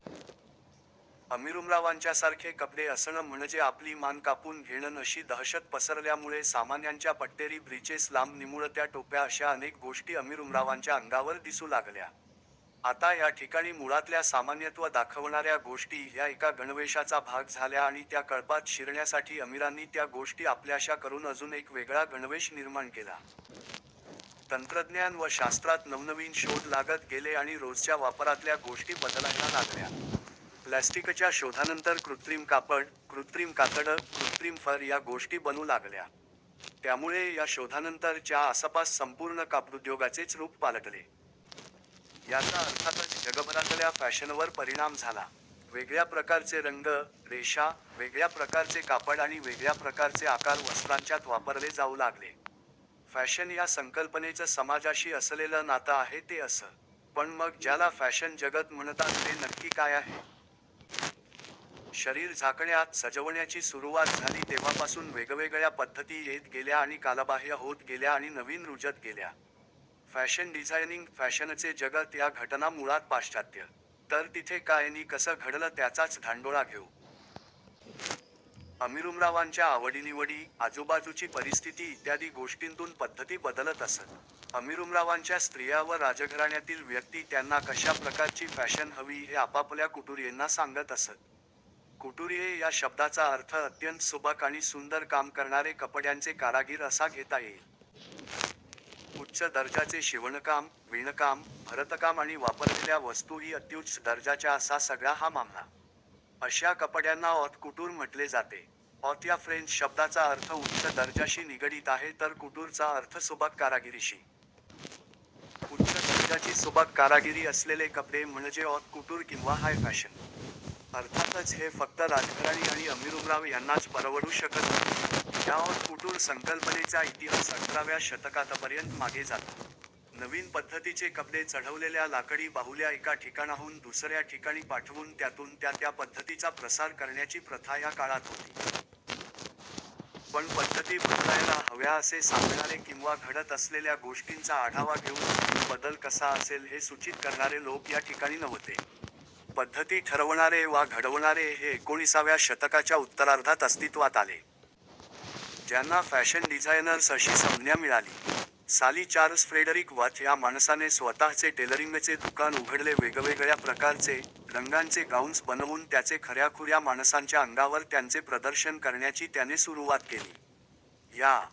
अमीरउमरावांच्यासारखे कपडे असणं म्हणजे आपली मान कापून घेणं अशी दहशत पसरल्यामुळे सामान्यांच्या पट्टेरी ब्रीचेस लांब निमुळत्या टोप्या अश्या अनेक गोष्टी अमीरउमरावांच्या अंगावर दिसू लागल्या. आता या ठिकाणी मुळातल्या सामान्यत्व दाखवणार्या गोष्टी ह्या एका गणवेशाचा भाग झाल्या आणि त्या कळपात शिरण्यासाठी अमीरांनी त्या गोष्टी आपल्याश्या करून अजून एक वेगळा गणवेश निर्माण केला. तंत्रज्ञान व शास्त्रात नवनवीन शोध लागत गेले आणि रोजच्या वापरातल्या गोष्टी बदलायला लागल्या. प्लॅस्टीकच्या शोधानंतर कृत्रिम कापड, कृत्रिम कातडं, कृत्रिम फर या गोष्टी बनू लागल्या. त्यामुळे या शोधानंतर च्या आसपास संपूर्ण कापडउद्योगाचेच रूप पालटले. याचा अर्थातच जगभरातल्या फॅशनवर परिणाम झाला. वेगळ्या प्रकारचे रंग, रेषा, वेगळ्या प्रकारचे कापड आणि वेगळ्या प्रकारचे आकार वस्त्रांच्यात वापरले जाऊ लागले. फॅशन या संकल्पनेचं समाजाशी असलेलं नातं आहे ते असं. पण मग ज्याला फॅशन जगत म्हणतात ते नक्की काय आहे? शरीर झाकण्या-सजवण्याची सुरूवात झाली तेव्हापासून वेगवेगळ्या पद्धती येत गेल्या आणि कालबाह्य होत गेल्या आणि नवीन रूजत गेल्या. फॅशन डिझायनिंग/ फॅशनचे जगत या घटना मुळात पाश्चात्य. तर तिथे काय नि कसं घडलं त्याचाच धांडोळा घेऊ. अमीरउमरावांच्या आवडीनिवडी, आजूबाजूची परिस्थिती इत्यादी गोष्टींतून पद्धती बदलत असत. अमीरउमरावांच्या स्त्रिया व राजघराण्यातील व्यक्ती त्यांना कश्या प्रकारची फॅशन हवी हे आपापल्या कुटुरियेंना सांगत असत. कुटुरीये या शब्दाचा अर्थ अत्यंत सुबक आणि सुंदर काम करणारे कपड्यांचे कारागिर असा घेता येईल. उच्च दर्जाचे शिवणकाम, विणकाम, भरतकाम आणि वापरलेल्या वस्तूही अत्युच्च दर्जाच्या असा सगळा हा मामला. अश्या कपड्यांना ऑत कुटूर म्हटले जाते. ऑत या फ्रेंच शब्दाचा अर्थ उच्च दर्जाशी निगडीत आहे तर कुटूर चा अर्थ सुबक कारागिरीशी. उच्च दर्जाची सुबक कारागिरी असलेले कपडे म्हणजे ऑत कुटूर किंवा हाय फॅशन. अर्थातच हे फक्त राजघराणी आणि अमीरउमराव यांनाच परवडू शकत होते. या ऑत कुटूर संकल्पनेचा इतिहास अठराव्या शतकातपर्यंत मागे जातो. नवीन पद्धतीचे कपडे चढवलेल्या लाकडी बाहुल्या एका ठिकाणाहून दुसर्या ठिकाणी पाठवून त्यातून त्या त्या पद्धतीचा प्रसार करण्याची प्रथा या काळात होती. पण पद्धती बदलायला हव्या असे सांगणारे किंवा घडत असलेल्या गोष्टींचा आढावा घेऊन नवीन बदल कसा असेल हे सूचित करणारे लोक या ठिकाणी नव्हते. पद्धती ठरवणारे वा घडवणारे हे एकोणिसाव्या शतकाच्या उत्तरार्धात अस्तित्वात आले. ज्यांना फॅशन डिझायनर्स अशी संज्ञा मिळाली. साली चार्ल्स फ्रेडरीक वर्थ या माणसाने स्वतःचे टेलरींगचे दुकान उघडले वेगवेगळ्या प्रकारचे, रंगांचे गाउन्स बनवून त्याचे खर्याखुर्या माणसांच्या अंगावर त्यांचे प्रदर्शन करण्याची त्याने सुरूवात केली. या